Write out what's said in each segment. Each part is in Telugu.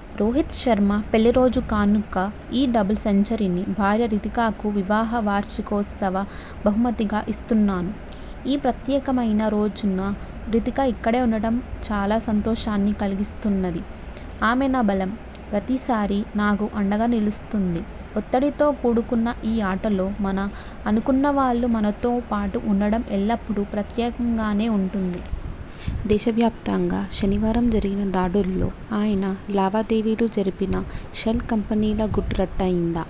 - రోహిత్ శర్మ పెళ్లి రోజు కానుక ఈ డబుల్ సెంచరీని భార్య రితికకు వివాహ వార్షికోత్సవ బహుమతిగా ఇస్తున్నాను. ఈ ప్రత్యేకమైన రోజున రితిక ఇక్కడే ఉండడం చాలా సంతోషాన్ని కలిగిస్తున్నది. ఆమే నా బలం. ప్రతిసారీ నాకు అండగా నిలుస్తుంది. ఒత్తిడితో కూడుకున్న ఈ ఆటలో మన అనుకున్నవాళ్లు మనతో పాటు ఉండడం ఎల్లప్పుడూ ప్రత్యేకంగానే ఉంటుంది. దేశవ్యాప్తంగా శనివారం జరిగిన దాడుల్లో ఆయన లావాదేవీలు జరిపిన షెల్ కంపెనీల గుట్టు రట్టయిందా?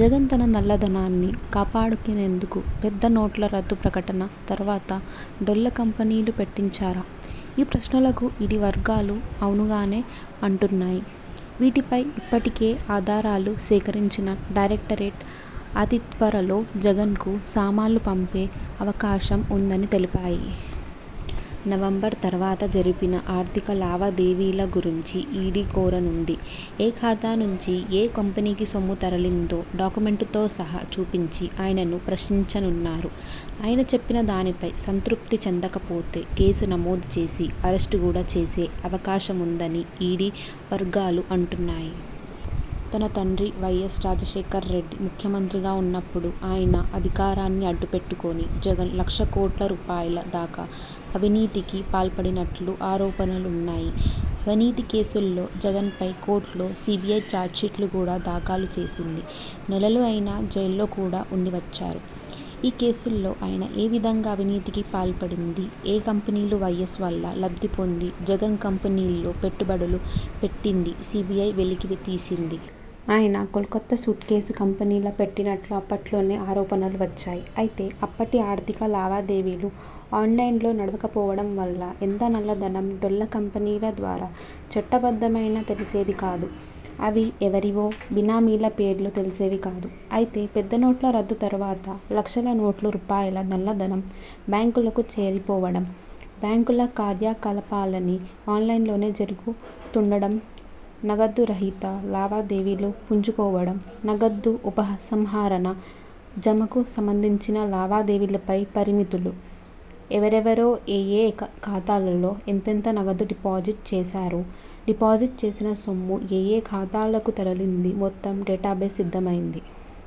జగన్ తన నల్లధనాన్ని కాపాడుకునేందుకు పెద్ద నోట్ల రద్దు ప్రకటన తర్వాత డొల్ల కంపెనీలు పెట్టించారా? ఈ ప్రశ్నలకు ఈడీ వర్గాలు అవుననే అంటున్నాయి. వీటిపై ఇప్పటికే ఆధారాలు సేకరించిన డైరెక్టరేట్ అతిత్వరలో జగన్కు సమన్లు పంపే అవకాశం ఉందని తెలిపాయి. నవంబరు తర్వాత జరిపిన ఆర్థిక లావాదేవీల గురించి ఈడీ కోరనుంది. ఏ ఖాతా నుంచి ఏ కంపెనీకి సొమ్ము తరలిందో డాక్యుమెంట్లతో సహా చూపించి ఆయన్ను ప్రశ్నించనున్నారు. ఆయన చెప్పిన దానిపై సంతృప్తి చెందకపోతే కేసు నమోదు చేసి అరెస్టు కూడా చేసే అవకాశముందని ఈడీ వర్గాలు అంటున్నాయి. తన తండ్రి వైఎస్ రాజశేఖర్రెడ్డి ముఖ్యమంత్రిగా ఉన్నప్పుడు ఆయన అధికారాన్ని అడ్డుపెట్టుకుని జగన్ లక్ష కోట్ల రూపాయల దాకా అవినీతికి పాల్పడినట్లు ఆరోపణలున్నాయి. అవినీతి కేసుల్లో జగన్పై కోర్టులో సీబీఐ చార్జిషీట్లు కూడా దాఖలు చేసింది. నెలలు ఆయన జైలులో కూడా ఉండివచ్చారు. ఈ కేసుల్లో ఆయన ఏ విధంగా అవినీతికి పాల్పడింది ఏ కంపెనీలు వైఎస్ వల్ల లబ్ధి పొంది జగన్ కంపెనీల్లో పెట్టుబడులు పెట్టిందీ సీబీఐ వెలికి తీసింది. ఆయన కోల్కతా సూట్కేసు కంపెనీలు పెట్టినట్లు అప్పట్లోనే ఆరోపణలు వచ్చాయి. అయితే అప్పటి ఆర్థిక లావాదేవీలు ఆన్లైన్లో నడవకపోవడం వల్ల ఎంత నల్లధనం డొల్ల కంపెనీల ద్వారా చట్టబద్ధమైనా తెలిసేది కాదు. అవి ఎవరివో బినామీల పేర్లు తెలిసేవి కావు. అయితే పెద్ద నోట్ల రద్దు తర్వాత లక్షల కోట్ల రూపాయల నల్లధనం బ్యాంకులకు చేరిపోవడం, బ్యాంకుల కార్యకలాపాలన్నీ ఆన్లైన్లోనే జరుగుతుండడం, నగదు రహిత లావాదేవీలు పుంజుకోవడం, నగదు ఉపసంహరణ, జమకు సంబంధించిన లావాదేవీలపై పరిమితులు, ఎవరెవరు ఏయే ఖాతాల్లో ఎంతెంత నగదు డిపాట్ చేశారు డిపాజిట్ చేసిన సొమ్ము ఏయే ఖాతాలకు తరలింది మొత్తం డేటాబేస్ సిద్ధమైంది.